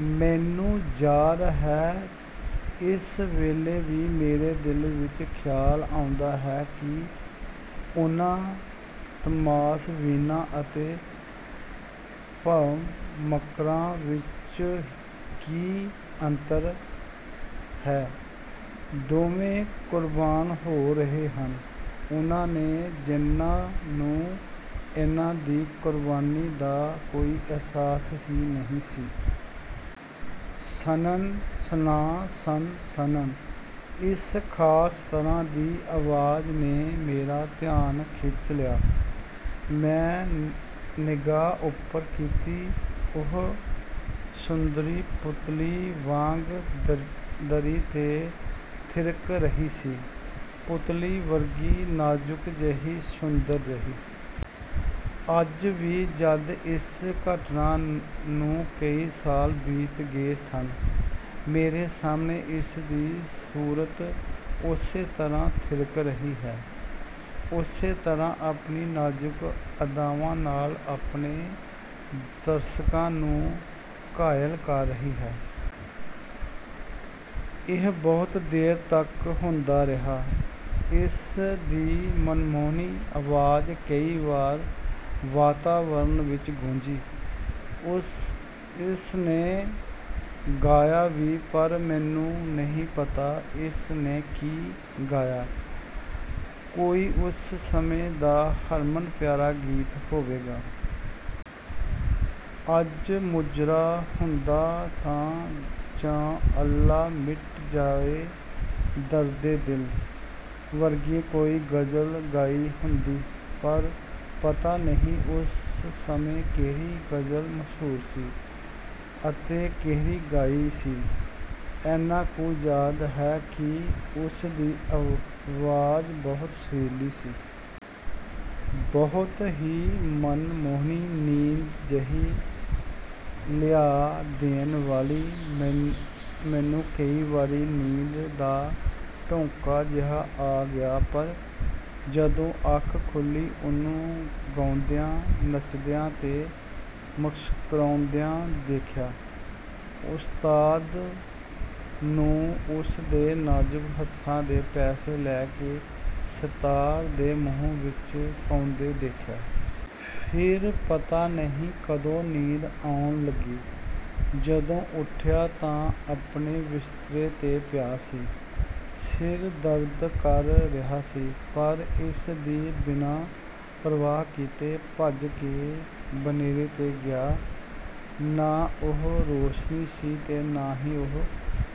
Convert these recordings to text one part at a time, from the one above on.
ਮੈਨੂੰ ਯਾਦ ਹੈ, ਇਸ ਵੇਲੇ ਵੀ ਮੇਰੇ ਦਿਲ ਵਿਚ ਖਿਆਲ ਆਉਂਦਾ ਹੈ ਕਿ ਉਨ੍ਹਾਂ ਤਮਾਸ਼ਬੀਨਾਂ ਅਤੇ ਭਮੱਕੜਾਂ ਵਿਚ ਕੀ ਅੰਤਰ ਹੈ? ਦੋਵੇਂ ਕੁਰਬਾਨ ਹੋ ਰਹੇ ਸਨ, ਉਨ੍ਹਾਂ 'ਤੇ ਜਿਨ੍ਹਾਂ ਨੂੰ ਇਨ੍ਹਾਂ ਦੀ ਕੁਰਬਾਨੀ ਦਾ ਕੋਈ ਅਹਿਸਾਸ ਹੀ ਨਹੀਂ ਸੀ। ਛਨਣ ਛਣਾ ਛਣ ਛਨਣ ਇਸ ਖ਼ਾਸ ਤਰ੍ਹਾਂ ਦੀ ਆਵਾਜ਼ ਨੇ ਮੇਰਾ ਧਿਆਨ ਖਿੱਚ ਲਿਆ। ਮੈਂ ਨਿਗ੍ਹਾ ਉਪਰ ਕੀਤੀ। ਉਹ ਸੁੰਦਰੀ ਪੁਤਲੀ ਵਾਂਗ ਦਰੀ 'ਤੇ ਥਿਰਕ ਰਹੀ ਸੀ। ਪੁਤਲੀ ਵਰਗੀ, ਨਾਜ਼ੁਕ ਜਿਹੀ, ਸੁੰਦਰ ਜਿਹੀ। ਅੱਜ ਵੀ ਜਦ ਇਸ ਘਟਨਾ ਨੂੰ ਕਈ ਸਾਲ ਬੀਤ ਗਏ ਹਨ, ਮੇਰੇ ਸਾਹਮਣੇ ਇਸ ਦੀ ਸੂਰਤ ਉਸੇ ਤਰ੍ਹਾਂ ਥਿਰਕ ਰਹੀ ਹੈ। ਉਸੇ ਤਰ੍ਹਾਂ ਆਪਣੀਆਂ ਨਾਜ਼ੁਕ ਅਦਾਵਾਂ ਨਾਲ ਆਪਣੇ ਦਰਸ਼ਕਾਂ ਨੂੰ ਘਾਇਲ ਕਰ ਰਹੀ ਹੈ। ਇਹ ਬਹੁਤ ਦੇਰ ਤਕ ਹੁੰਦਾ ਰਿਹਾ, ਇਸ ਦੀ ਮਨਮੋਹਣੀ ਆਵਾਜ਼ ਕਈ ਵਾਰ ਵਾਤਾਵਰਨ ਵਿਚ ਗੂੰਜੀ। ਇਸ ਨੇ ਗਾਇਆ ਵੀ, ਪਰ ਮੈਨੂੰ ਨਹੀਂ ਪਤਾ ਇਸ ਨੇ ਕੀ ਗਾਇਆ। ਕੋਈ ਉਸ ਸਮੇਂ ਦਾ ਹਰਮਨ ਪਿਆਰਾ ਗੀਤ ਹੋਵੇਗਾ। ਅੱਜ 'ਮੁਜਰਾ' ਹੁੰਦਾ ਤਾਂ 'ਯਾ ਅੱਲਾ ਮਿਟ ਜਾਏ ਦਰਦੇ ਦਿਲ' ਵਰਗੀ ਕੋਈ ਗ਼ਜ਼ਲ ਗਾਈ ਹੁੰਦੀ ਪਰ ਪਤਾ ਨਹੀਂ ਉਸ ਸਮੇਂ ਕਿਹੜੀ ਗਜ਼ਲ ਮਸ਼ਹੂਰ ਸੀ ਅਤੇ ਕਿਹੜੀ ਗਾਈ ਸੀ। ਐਨਾ ਕੁ ਯਾਦ ਹੈ ਕਿ ਉਸ ਦੀ ਆਵਾਜ਼ ਬਹੁਤ ਸੁਰੀਲੀ ਸੀ। ਬਹੁਤ ਹੀ ਮਨਮੋਹਣੀ, ਨੀਂਦ ਜਿਹੀ ਲਿਆ ਦੇਣ ਵਾਲੀ। ਮੈਨੂੰ ਕਈ ਵਾਰੀ ਨੀਂਦ ਦਾ ਢੌਂਕਾ ਜਿਹਾ ਆ ਗਿਆ ਪਰ ਜਦੋਂ ਅੱਖ ਖੁੱਲ੍ਹੀ, ਉਹਨੂੰ ਗਾਉਂਦਿਆਂ, ਨੱਚਦਿਆਂ ਤੇ ਮੁਸਕਰਾਉਂਦਿਆਂ ਦੇਖਿਆ। ਉਸਤਾਦ ਨੂੰ ਉਸ ਦੇ ਨਾਜ਼ੁਕ ਹੱਥੋਂ ਦੋ ਪੈਸੇ ਲੈ ਕੇ ਸਿਤਾਰ ਦੇ ਮੂੰਹ ਵਿਚ ਪਾਉਂਦੇ ਦੇਖਿਆ। ਫਿਰ ਪਤਾ ਨਹੀਂ ਕਦੋਂ ਨੀਂਦ ਆਉਣ ਲੱਗੀ। ਜਦੋਂ ਉਠਿਆ ਤਾਂ ਆਪਣੇ ਬਿਸਤਰੇ 'ਤੇ ਪਿਆ ਸੀ। ਸਿਰ ਦਰਦ ਕਰ ਰਿਹਾ ਸੀ ਪਰ ਇਸ ਦੀ ਬਿਨਾਂ ਪਰਵਾਹ ਕੀਤਿਆਂ ਭੱਜ ਕੇ ਬਨੇਰੇ 'ਤੇ ਗਿਆ। ਨਾ ਉਹ ਰੋਸ਼ਨੀ ਸੀ ਤੇ ਨਾ ਉਹ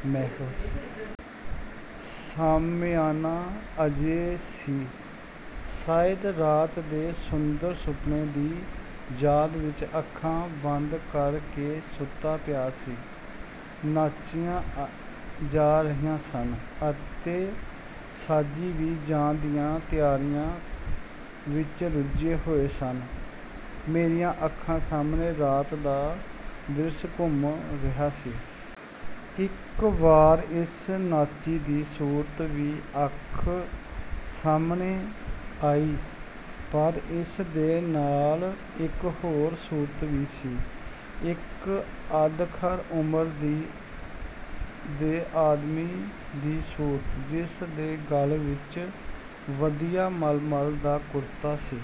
ਮਹਿਫਿਲ। ਸ਼ਾਮਿਆਨਾ ਅਜੇ ਸੀ। ਸ਼ਾਇਦ ਰਾਤ ਦੇ ਸੁੰਦਰ ਸੁਪਨੇ ਦੀ ਯਾਦ ਵਿਚ ਅੱਖਾਂ ਬੰਦ ਕਰ ਕੇ ਸੁੱਤਾ ਪਿਆ ਸੀ। ਨਾਚੀਆਂ ਜਾ ਰਹੀਆਂ ਸਨ ਅਤੇ ਸਾਜ਼ੀ ਵੀ ਜਾਣ ਦੀਆਂ ਤਿਆਰੀਆਂ ਵਿਚ ਰੁਝੇ ਹੋਏ ਸਨ। ਮੇਰੀਆਂ ਅੱਖਾਂ ਸਾਹਮਣੇ ਰਾਤ ਦਾ ਦ੍ਰਿਸ਼ ਘੁੰਮ ਰਿਹਾ ਸੀ। ਇਕ ਵਾਰ ਇਸ ਨਾਚੀ ਦੀ ਸੂਰਤ ਵੀ ਅੱਖਾਂ ਸਾਹਮਣੇ ਆਈ, ਪਰ ਇਸ ਦੇ ਨਾਲ ਇਕ ਹੋਰ ਸੂਰਤ ਵੀ ਸੀ। ਇਕ ਅੱਧਖੜ ਉਮਰ ਦੇ ਆਦਮੀ ਦੀ ਸੂਰਤ ਜਿਸ ਦੇ ਗਲ ਵਿਚ ਵਧੀਆ ਮਲਮਲ ਦਾ ਕੁੜਤਾ ਸੀ।